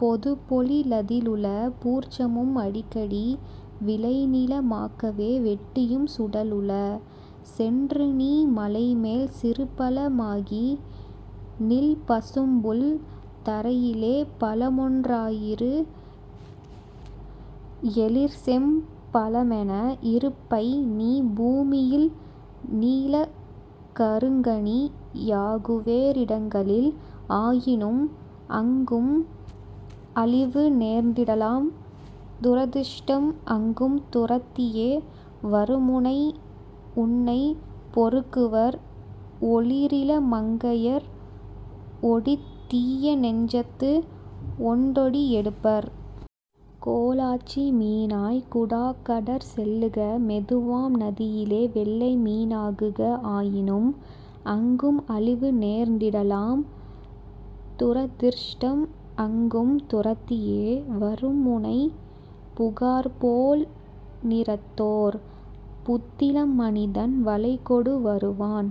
பொதுப்பொழி லதிலுள பூர்ச்சமும் அடிக்கடி விளைநில மாக்கவே வெட்டியும் சுடலுள. சென்றுநீ மலைமேல் சிறுபழ மாகிநில் பசும்புல் தரையிலே பழமொன் றாயிரு எழிற்செம் பழமென இருப்பைநீ பூமியில் நீலக் கருங்கனி யாகுவே றிடங்களில் ஆயினும் அங்கும் அழிவுநேர்ந் திடலாம் துரதிர்ஷ்டம் அங்கும் துரத்தியே வருமுனை உன்னைப் பொறுக்குவர் ஒளிரிள மங்கையர் ஒடித்தீய நெஞ்சத்து ஒண்டொடி எடுப்பர். கோலாச்சி மீனாய் குடாக்கடற் செல்லுக மெதுவாம் நதியிலே வெள்ளைமீ னாகுக ஆயினும் அங்கும் அழிவுநேர்ந் திடலாம் துரதிர்ஷ்டம் அங்கும் துரத்தியே வருமுனை புகார்போல் நிறத்தோர் புத்திளம் மனிதன் வலைகொடு வருவான்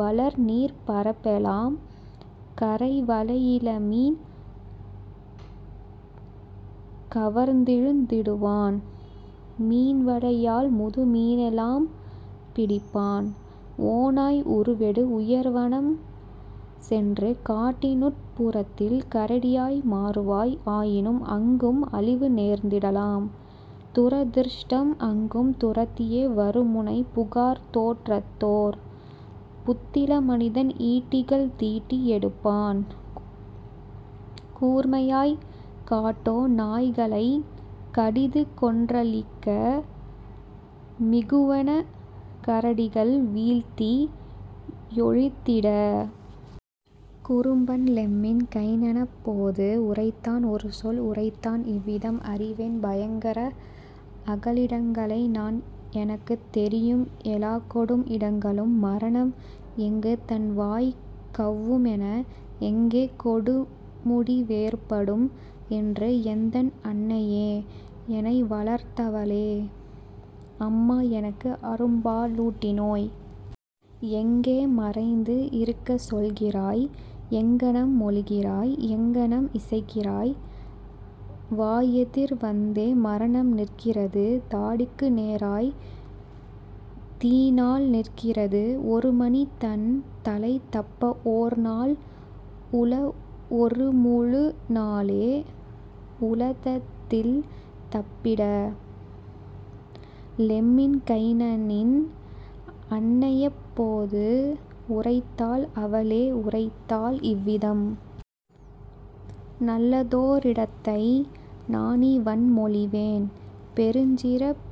வளர்நீர்ப் பரப்பெலாம் கரைவலை யிளமீன் கவர்ந்திழுத் திடுவான் மீன்வலை யால்முது மீனெலாம் பிடிப்பான். ஓநாய் உருவெடு உயர்வனம் சென்று காட்டினுட் புறத்தில் கரடியாய் மாறுவாய் ஆயினும் அங்கும் அழிவுநேர்ந் திடலாம் துரதிர்ஷ்டம் அங்கும் துரத்தியே வருமுனை புகார்த்தோற் றத்தோர் புத்திள மனிதன் ஈட்டிகள் தீட்டி எடுப்பான் கூர்மையாய் காட்டோ நாய்களைக் கடிதுகொன் றழிக்க மிகுவனக் கரடிகள் வீழ்த்தி யொழித்திட. " குறும்பன் லெம்மின் கைனனப் போது உரைத்தான் ஒருசொல் உரைத்தான் இவ்விதம்: "அறிவேன் பயங்கர அகலிடங் களைநான் எனக்குத் தெரியும் எலாக்கொடும் இடங்களும் மரணம் எங்குதன் வாய்க்கவ் வும்என எங்கெ கொடுமுடி வேற்படும் என்று; எந்தன் அன்னையே, எனைவளர்த் தவளே! அம்மா, எனக்கு அரும்பா லூட்டினோய்! எங்கே மறைந்து இருக்கச் சொல்கிறாய் எங்ஙனம் மொழிகிறாய், எங்ஙனம் இசைக்கிறாய்? வாயெதிர் வந்தே மரணம்நிற் கிறது தாடிக்கு நேராய்த் தீநாள்நிற் கிறது ஒருமனி தன்தலை தப்பஓர் நாள்உள ஒருமுழு நாளே உளததில் தப்பிட. " லெம்மின் கைனனின் அன்னையப் போது உரைத்தாள் அவளே உரைத்தாள் இவ்விதம்: "நல்லதோ ரிடத்தை நானிவண் மொழிவேன் பெருஞ்சிறப்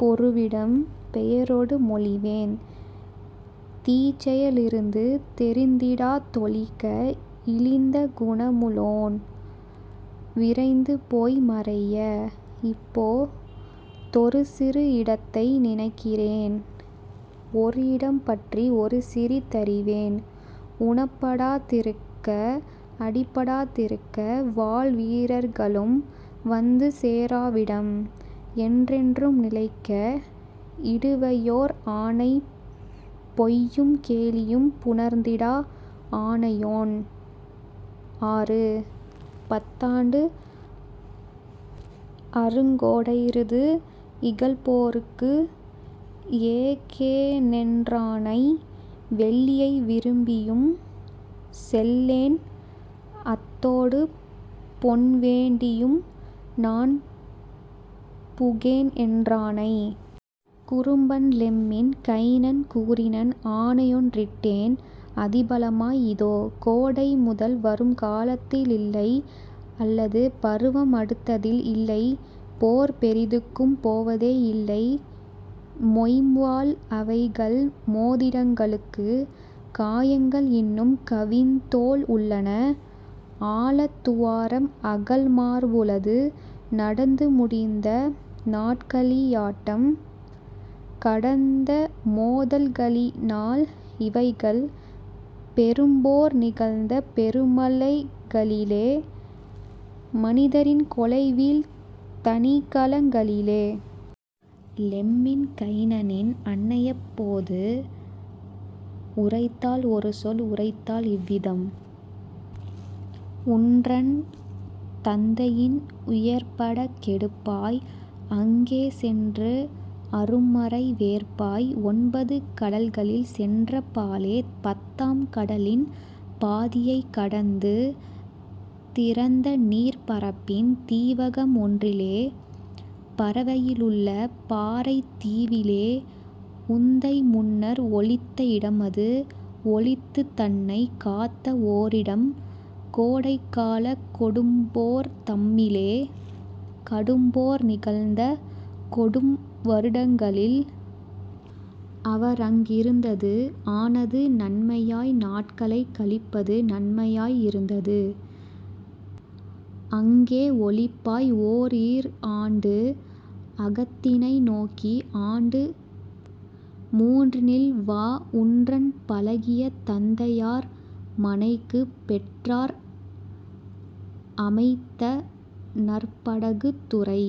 பொருவிடம் பெயரொடு மொழிவேன் தீச்செய லிருந்து தெரிந்திடா தொளிக்க இழிந்த குணமுளோன் விரைந்துபோய் மறைய: இப்போ தொருசிறு இடத்தை நினைக்கிறேன் ஒருஇடம் பற்றி ஒருசிறி தறிவேன் உணப்படா திருக்க, அடிபடா திருக்க வாள்வீ ரர்களும் வந்துசே ராவிடம், என்றென்றும் நிலைக்க இடுவையோர் ஆணை பொய்யும் கேலியும் புணர்ந்திடா ஆணையொன் ஆறு, பத் தாண்டு அருங்கோ டைருது இகல்போ ருக்குஏ கேனென் றாணை வெள்ளியை விரும்பியும் செல்லேன் அத்தோடு பொன்வேண் டியும்நான் புகேன்என் றாணை. " குறும்பன் லெம்மின் கைனன் கூறினன்: "ஆணையொன் றிட்டேன் அதிபல மாய்இதோ! கோடை முதல்வரும் காலத்தி லில்லை அல்லது பருவம் அடுத்ததில் இல்லை போர்பெரி துக்கும் போவதே யில்லை மொய்ம்வாள் அவைகள் மோதிடங் களுக்கு; காயங்கள் இன்னும் கவின்தோள் உள்ளன ஆழத் துவாரம் அகல்மார் புளது நடந்து முடிந்த நாட்களி யாட்டம் கடந்த மோதல் களினால் இவைகள் பெரும்போர் நிகழ்ந்த பெருமலை களிலே மனிதரின் கொலைவீழ் தனிக்களங் களிலே. " லெம்மின் கைனனின் அன்னையப் போது உரைத்தாள் ஒருசொல் உரைத்தாள் இவ்விதம்: "உன்றன் தந்தையின் உயர்பட கெடுப்பாய் அங்கே சென்று அரும்மறை வேற்பாய் ஒன்பது கடல்களில் சென்றப் பாலே பத்தாம் கடலின் பாதியைக் கடந்து திறந்தநீர்ப் பரப்பின் தீவகம் ஒன்றிலே பரவையி லுள்ள பாறைத் தீவிலே உந்தை முன்னர் ஒளித்த இடமது ஒளித்துத் தன்னைக் காத்த ஓரிடம் கோடைக் காலக் கொடும்போர் தம்மிலே கடும்போர் நிகழ்ந்த கொடும்வரு டங்களில் அவரங் கிருந்தது ஆனது நன்மையாய் நாட்களைக் கழிப்பது நன்மையாய் யிருந்தது; அங்கே ஒளிப்பாய் ஓர்ஈர் ஆண்டு அகத்தினை நோக்கி ஆண்டுமூன் றினில்வா உன்றன் பழகிய தந்தையார் மனைக்கு பெற்றார் அமைத்த நற்பட குத்துறை.